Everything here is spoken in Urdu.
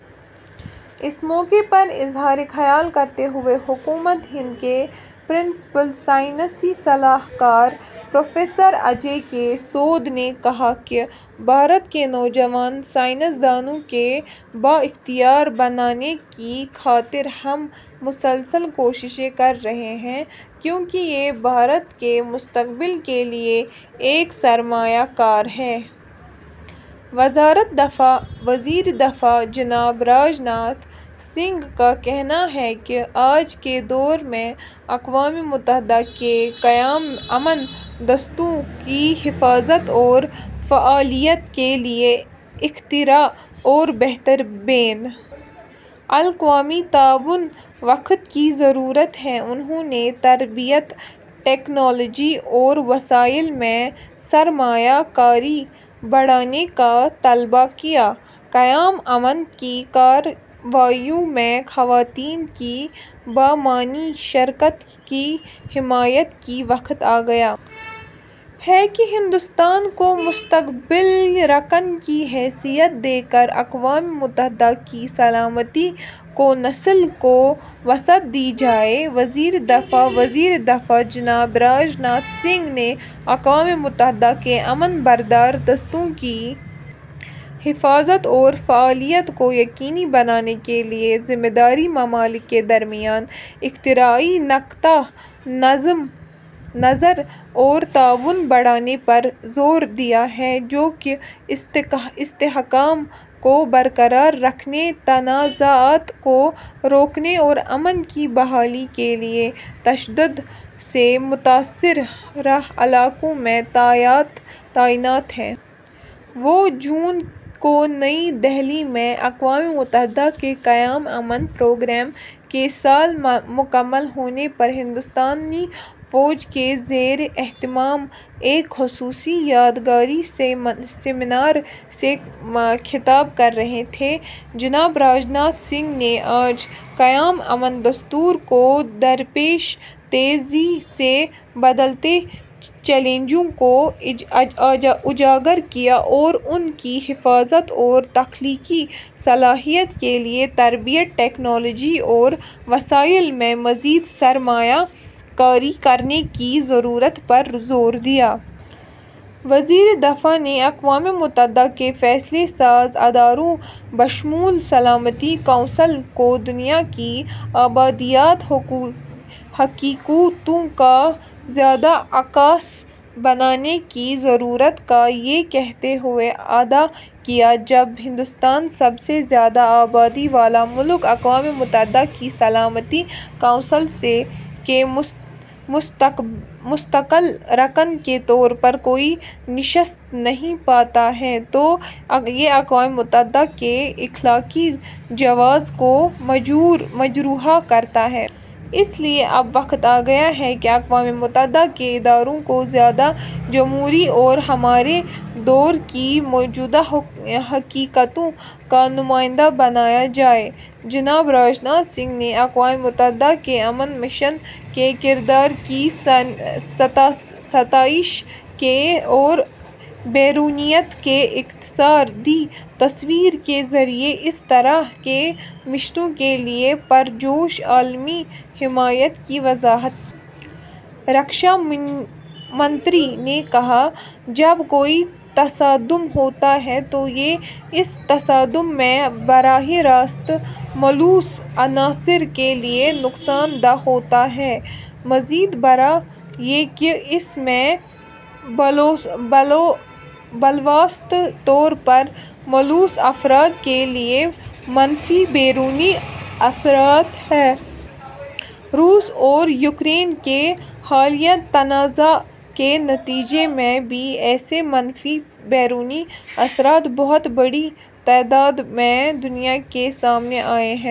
اس موقع پر اظہارخیال کرتے ہوئے ، حکومت ہند کے پرنسپل سائنسی صلاح کار ، پروفیسر اجے کے سود نے کہاکہ ''بھارت کے نوجوان سائنس دانوں کو بااختیاربنانے کی خاطرہم مسلسل کوششیں کررہے ہیں کیونکہ یہ بھارت کےمستقبل کے لئے ایک سرمایہ کاری ہے۔ ''. وزارت دفاع وزیر دفاع جناب راج ناتھ سنگھ کا کہنا ہے کہ آج کے دور میں اقوام متحدہ کے قیام امن دستوں کی حفاظت اور فعالیت کے لیے اختراع اور بہتر بین الاقوامی تعاون وقت کی ضرورت ہے انہوں نے تربیت، ٹیکنالوجی اور وسائل میں سرمایہ کاری بڑھانے کا مطالبہ کیا؛ قیام امن کی کارروائیوں میں خواتین کی بامعنی شرکت کی حمایت کی وقت آگیا ہے کہ ہندوستان کو مستقل رکن کی حیثیت دے کراقوام متحدہ کی سلامتی کونسل کو وسعت دی جائے: وزیردفاع وزیر دفاع جناب راج ناتھ سنگھ نے اقوام متحدہ کے امن بردار دستوں کی حفاظت اور فعالیت کو یقینی بنانے کے لیے ذمہ دار ممالک کے درمیان اختراعی نقطہ نظر اور تعاون بڑھانے پر زور دیا ہے جو کہ استحکام کو برقرار رکھنے، تنازعات کو روکنے اور امن کی بحالی کے لیے تشدد سے متاثرہ علاقوں میں تعینات ہیں۔ وہ جون کو نئی دہلی میں اقوام متحدہ کے قیام امن پروگرام کے سال مکمل ہونے پر ہندوستانی فوج کے زیر اہتمام ایک خصوصی یادگاری سیمینار سے خطاب کر رہے تھے۔ جناب راج ناتھ سنگھ نے آج قیام امن دستوں کو درپیش تیزی سے بدلتے چیلنجوں کو اجاگر کیا اور ان کی حفاظت اور تخلیقی صلاحیت کے لیے تربیت، ٹیکنالوجی اور وسائل میں مزید سرمایہ کاری کرنے کی ضرورت پر زور دیا۔ وزیر دفاع نے اقوام متحدہ کے فیصلہ ساز اداروں بشمول سلامتی کونسل کو دنیا کی آبادیاتی حقیقتوں کا زیادہ عکاس بنانے کی ضرورت کا یہ کہتے ہوئے اعادہ کیا۔ ''جب ہندوستان، سب سے زیادہ آبادی والا ملک، اقوام متحدہ کی سلامتی کونسل کے مستقل رکن کے طور پر کوئی نشست نہیں پاتا ہے، تو یہ اقوام متحدہ کے اخلاقی جواز کو مجروح کرتا ہے۔ اس لیے اب وقت آگیا ہے کہ اقوام متحدہ کے اداروں کو زیادہ جمہوری اور ہمارے دور کی موجودہ حقیقتوں کا نمائندہ بنایا جائے''۔ جناب راج ناتھ سنگھ نے اقوام متحدہ کے امن مشن کے کردار کی ستائش کی اور 'بیرونیت' کے اقتصادی تصور کے ذریعے اس طرح کے مشنوں کے لیے پرجوش عالمی حمایت کی وضاحت کی۔ رکشا منتری نے کہا ''جب کوئی تصادم ہوتا ہے، تو یہ اس تصادم میں براہ راست ملوث عناصر کے لیے نقصان دہ ہوتا ہے۔ مزید برآں یہ کہ اس میں بالواسطہ طور پر ملوث افراد کے لیے منفی بیرونی اثرات ہیں۔ روس اور یوکرین کے حالیہ تنازعےکے نتیجے میں بھی ایسے منفی بیرونی اثرات بہت بڑی تعداد میں دنیا کے سامنے آئے ہیں۔